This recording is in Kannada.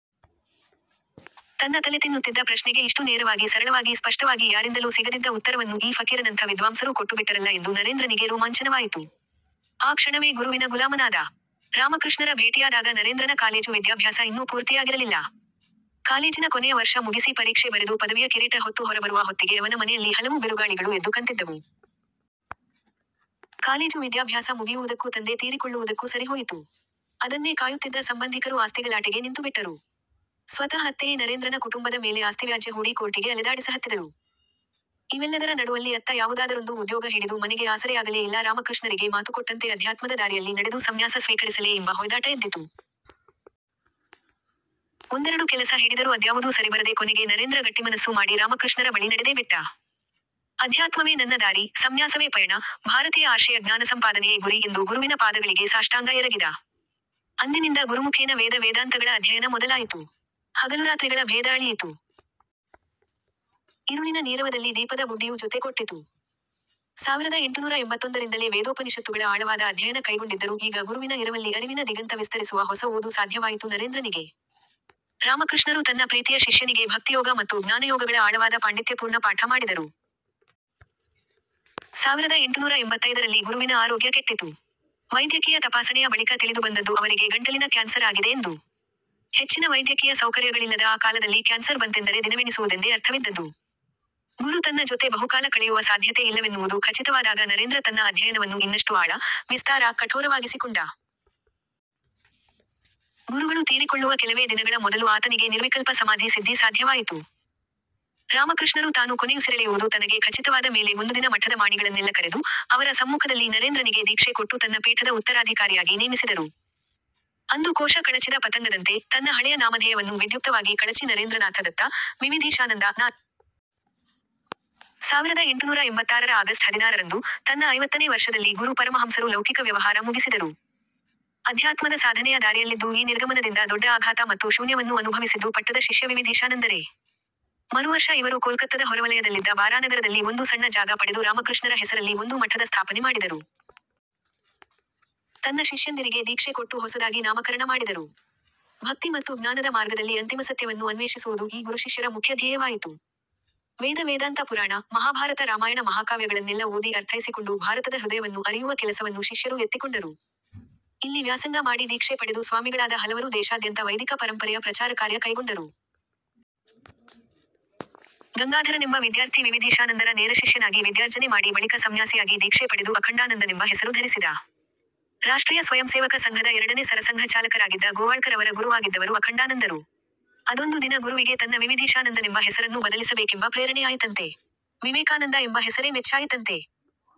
ತನ್ನ ತಲೆತಿನ್ನುತ್ತಿದ್ದ ಪ್ರಶ್ನೆಗೆ ಇಷ್ಟು ನೇರವಾಗಿ ಸರಳವಾಗಿ ಸ್ಪಷ್ಟವಾಗಿ ಯಾರಿಂದಲೂ ಸಿಗದಿದ್ದ ಉತ್ತರವನ್ನು ಈ ಫಕೀರನಂಥ ವಿದ್ವಾಂಸರು ಕೊಟ್ಟುಬಿಟ್ಟರಲ್ಲ ಎಂದು ನರೇಂದ್ರನಿಗೆ ರೋಮಾಂಚನವಾಯಿತು. ಆ ಕ್ಷಣವೇ ಗುರುವಿನ ಗುಲಾಮನಾದ. ರಾಮಕೃಷ್ಣರ ಭೇಟಿಯಾದಾಗ ನರೇಂದ್ರನ ಕಾಲೇಜು ವಿದ್ಯಾಭ್ಯಾಸ ಇನ್ನೂ ಪೂರ್ತಿಯಾಗಿರಲಿಲ್ಲ. ಕಾಲೇಜಿನ ಕೊನೆಯ ವರ್ಷ ಮುಗಿಸಿ ಪರೀಕ್ಷೆ ಬರೆದು ಪದವಿಯ ಕಿರೀಟ ಹೊತ್ತು ಹೊರಬರುವ ಹೊತ್ತಿಗೆ ಅವನ ಮನೆಯಲ್ಲಿ ಹಲವು ಬಿರುಗಾಳಿಗಳು ಎದ್ದು ಕಂತಿದ್ದವು. ಕಾಲೇಜು ವಿದ್ಯಾಭ್ಯಾಸ ಮುಗಿಯುವುದಕ್ಕೂ ತಂದೆ ತೀರಿಕೊಳ್ಳುವುದಕ್ಕೂ ಸರಿಹೋಯಿತು. ಅದನ್ನೇ ಕಾಯುತ್ತಿದ್ದ ಸಂಬಂಧಿಕರು ಆಸ್ತಿಗಲಾಟೆಗೆ ನಿಂತುಬಿಟ್ಟರು. ಸ್ವತಃ ಅತ್ತೆಯೇ ನರೇಂದ್ರನ ಕುಟುಂಬದ ಮೇಲೆ ಆಸ್ತಿವ್ಯಾಜ್ಯ ಹೂಡಿ ಕೋರ್ಟಿಗೆ ಅಲೆದಾಡಿಸಹತ್ತಿದಳು. ಇವೆಲ್ಲದರ ನಡುವಲ್ಲಿ ಅತ್ತ ಯಾವುದಾದರೊಂದು ಉದ್ಯೋಗ ಹಿಡಿದು ಮನೆಗೆ ಆಸರೆಯಾಗಲೇ ಇಲ್ಲಾ ರಾಮಕೃಷ್ಣರಿಗೆ ಮಾತುಕೊಟ್ಟಂತೆ ಅಧ್ಯಾತ್ಮದ ದಾರಿಯಲ್ಲಿ ನಡೆದು ಸಂನ್ಯಾಸ ಸ್ವೀಕರಿಸಲೇ ಎಂಬ ಹೊಯ್ದಾಟ ಎದ್ದಿತು. ಒಂದೆರಡು ಕೆಲಸ ಹಿಡಿದರೂ ಅದ್ಯಾವುದೂ ಸರಿಬರದೆ ಕೊನೆಗೆ ನರೇಂದ್ರ ಗಟ್ಟಿಮನಸ್ಸು ಮಾಡಿ ರಾಮಕೃಷ್ಣರ ಬಳಿ ನಡೆದೇಬಿಟ್ಟ. ಅಧ್ಯಾತ್ಮವೇ ನನ್ನ ದಾರಿ, ಸಂನ್ಯಾಸವೇ ಪಯಣ, ಭಾರತೀಯ ಆರ್ಷೇಯ ಜ್ಞಾನಸಂಪಾದನೆಯೇ ಗುರಿ ಎಂದು ಗುರುವಿನ ಪಾದಗಳಿಗೆ ಸಾಷ್ಟಾಂಗ ಎರಗಿದ. ಅಂದಿನಿಂದ ಗುರುಮುಖೇನ ವೇದ-ವೇದಾಂತಗಳ ಅಧ್ಯಯನ ಮೊದಲಾಯಿತು. ಹಗಲುರಾತ್ರಿಗಳ ಭೇದ ಅಳಿಯಿತು. ಇರುಳಿನ ನೀರವದಲ್ಲಿ ದೀಪದ ಬುಡ್ಡಿಯು ಜೊತೆ ಕೊಟ್ಟಿತು. ಸಾವಿರದ ಎಂಟುನೂರ ಎಂಬತ್ತೊಂದರಿಂದಲೇ ವೇದೋಪನಿಷತ್ತುಗಳ ಆಳವಾದ ಅಧ್ಯಯನ ಕೈಗೊಂಡಿದ್ದರೂ ಈಗ ಗುರುವಿನ ಇರವಲ್ಲಿ ಅರಿವಿನ ದಿಗಂತ ವಿಸ್ತರಿಸುವ ಹೊಸ ಓದು ಸಾಧ್ಯವಾಯಿತು ನರೇಂದ್ರನಿಗೆ. ರಾಮಕೃಷ್ಣರು ತನ್ನ ಪ್ರೀತಿಯ ಶಿಷ್ಯನಿಗೆ ಭಕ್ತಿಯೋಗ ಮತ್ತು ಜ್ಞಾನಯೋಗಗಳ ಆಳವಾದ ಪಾಂಡಿತ್ಯಪೂರ್ಣ ಪಾಠ ಮಾಡಿದರು. ಸಾವಿರದ ಎಂಟುನೂರ ಎಂಬತ್ತೈದರಲ್ಲಿ ಗುರುವಿನ ಆರೋಗ್ಯ ಕೆಟ್ಟಿತು. ವೈದ್ಯಕೀಯ ತಪಾಸಣೆಯ ಬಳಿಕ ತಿಳಿದುಬಂದದ್ದು ಅವರಿಗೆ ಗಂಟಲಿನ ಕ್ಯಾನ್ಸರ್ ಆಗಿದೆ ಎಂದು. ಹೆಚ್ಚಿನ ವೈದ್ಯಕೀಯ ಸೌಕರ್ಯಗಳಿಲ್ಲದ ಆ ಕಾಲದಲ್ಲಿ ಕ್ಯಾನ್ಸರ್ ಬಂತೆಂದರೆ ದಿನವೆಣಿಸುವುದೆಂದೇ ಅರ್ಥವಿದ್ದದ್ದು. ಗುರು ತನ್ನ ಜೊತೆ ಬಹುಕಾಲ ಕಳೆಯುವ ಸಾಧ್ಯತೆ ಇಲ್ಲವೆನ್ನುವುದು ಖಚಿತವಾದಾಗ ನರೇಂದ್ರ ತನ್ನ ಅಧ್ಯಯನವನ್ನು ಇನ್ನಷ್ಟು ಆಳ, ವಿಸ್ತಾರ, ಕಠೋರವಾಗಿಸಿಕೊಂಡ. ಗುರುಗಳು ತೀರಿಕೊಳ್ಳುವ ಕೆಲವೇ ದಿನಗಳ ಮೊದಲು ಆತನಿಗೆ ನಿರ್ವಿಕಲ್ಪ ಸಮಾಧಿ ಸಿದ್ಧಿ ಸಾಧ್ಯವಾಯಿತು. ರಾಮಕೃಷ್ಣರು ತಾನು ಕೊನೆಯುಸಿರೆಳೆಯುವುದು ತನಗೇ ಖಚಿತವಾದ ಮೇಲೆ ಒಂದುದಿನ ಮಠದ ಮಾಣಿಗಳನ್ನೆಲ್ಲ ಕರೆದು, ಅವರ ಸಮ್ಮುಖದಲ್ಲಿ ನರೇಂದ್ರನಿಗೆ ದೀಕ್ಷೆ ಕೊಟ್ಟು ತನ್ನ ಪೀಠದ ಉತ್ತರಾಧಿಕಾರಿಯಾಗಿ ನೇಮಿಸಿದರು. ಅಂದು ಕೋಶ ಕಳಚಿದ ಪತಂಗದಂತೆ, ತನ್ನ ಹಳೆಯ ನಾಮಧೇಯವನ್ನು ವಿದ್ಯುಕ್ತವಾಗಿ ಕಳಚಿ ನರೇಂದ್ರನಾಥ ದತ್ತ "ವಿವಿಧೀಶಾನಂದ"ನಾದ. ಸಾವಿರದ ಎಂಟುನೂರ ಎಂಬತ್ತಾರರ ಆಗಸ್ಟ್ ಹದಿನಾರರಂದು, ತನ್ನ ಐವತ್ತನೇ ವರ್ಷದಲ್ಲಿ ಗುರು ಪರಮಹಂಸರು ಲೌಕಿಕ ವ್ಯವಹಾರ ಮುಗಿಸಿದರು. ಅಧ್ಯಾತ್ಮದ ಸಾಧನೆಯ ದಾರಿಯಲ್ಲಿದ್ದೂ ಈ ನಿರ್ಗಮನದಿಂದ ದೊಡ್ಡ ಆಘಾತ ಮತ್ತು ಶೂನ್ಯವನ್ನು ಅನುಭವಿಸಿದ್ದು ಪಟ್ಟದ ಶಿಷ್ಯ ವಿವಿಧೀಶಾನಂದರೇ. ಮರುವರ್ಷ ಇವರು ಕೋಲ್ಕತ್ತದ ಹೊರವಲಯದಲ್ಲಿದ್ದ ಬಾರಾನಗರದಲ್ಲಿ ಒಂದು ಸಣ್ಣ ಜಾಗ ಪಡೆದು ರಾಮಕೃಷ್ಣರ ಹೆಸರಲ್ಲಿ ಒಂದು ಮಠದ ಸ್ಥಾಪನೆ ಮಾಡಿದರು. ತನ್ನ ಶಿಷ್ಯಂದಿರಿಗೆ ದೀಕ್ಷೆ ಕೊಟ್ಟು ಹೊಸದಾಗಿ ನಾಮಕರಣ ಮಾಡಿದರು. ಭಕ್ತಿ ಮತ್ತು ಜ್ಞಾನದ ಮಾರ್ಗದಲ್ಲಿ ಅಂತಿಮಸತ್ಯವನ್ನು ಅನ್ವೇಷಿಸುವುದು ಈ ಗುರುಶಿಷ್ಯರ ಮುಖ್ಯ ಧ್ಯೇಯವಾಯಿತು. ವೇದ-ವೇದಾಂತ-ಪುರಾಣ, ಮಹಾಭಾರತ ರಾಮಾಯಣ ಮಹಾಕಾವ್ಯಗಳನ್ನೆಲ್ಲ ಓದಿ ಅರ್ಥೈಸಿಕೊಂಡು ಭಾರತದ ಹೃದಯವನ್ನು ಅರಿಯುವ ಕೆಲಸವನ್ನು ಶಿಷ್ಯರು ಎತ್ತಿಕೊಂಡರು. ಇಲ್ಲಿ ವ್ಯಾಸಂಗ ಮಾಡಿ ದೀಕ್ಷೆ ಪಡೆದು ಸ್ವಾಮಿಗಳಾದ ಹಲವರು ದೇಶಾದ್ಯಂತ ವೈದಿಕ ಪರಂಪರೆಯ ಪ್ರಚಾರಕಾರ್ಯ ಕೈಗೊಂಡರು. ಗಂಗಾಧರನೆಂಬ ವಿದ್ಯಾರ್ಥಿ ವಿವಿಧೀಶಾನಂದರ ನೇರಶಿಷ್ಯನಾಗಿ ವಿದ್ಯಾರ್ಜನೆ ಮಾಡಿ ಬಳಿಕ ಸಂನ್ಯಾಸಿಯಾಗಿ ದೀಕ್ಷೆ ಪಡೆದು ಅಖಂಡಾನಂದನೆಂಬ ಹೆಸರು ಧರಿಸಿದ. ರಾಷ್ಟ್ರೀಯ ಸ್ವಯಂಸೇವಕ ಸಂಘದ ಎರಡನೆ ಸರಸಂಘಚಾಲಕರಾಗಿದ್ದ ಗೋವಾಳ್ಕರ್ ಅವರ ಗುರುವಾಗಿದ್ದವರು ಅಖಂಡಾನಂದರು. ಅದೊಂದು ದಿನ ಗುರುವಿಗೆ ತನ್ನ ವಿವಿಧೀಶಾನಂದನೆಂಬ ಹೆಸರನ್ನು ಬದಲಿಸಬೇಕೆಂಬ ಪ್ರೇರಣೆಯಾಯಿತಂತೆ. ವಿವೇಕಾನಂದ ಎಂಬ ಹೆಸರೇ ಮೆಚ್ಚಾಯಿತಂತೆ.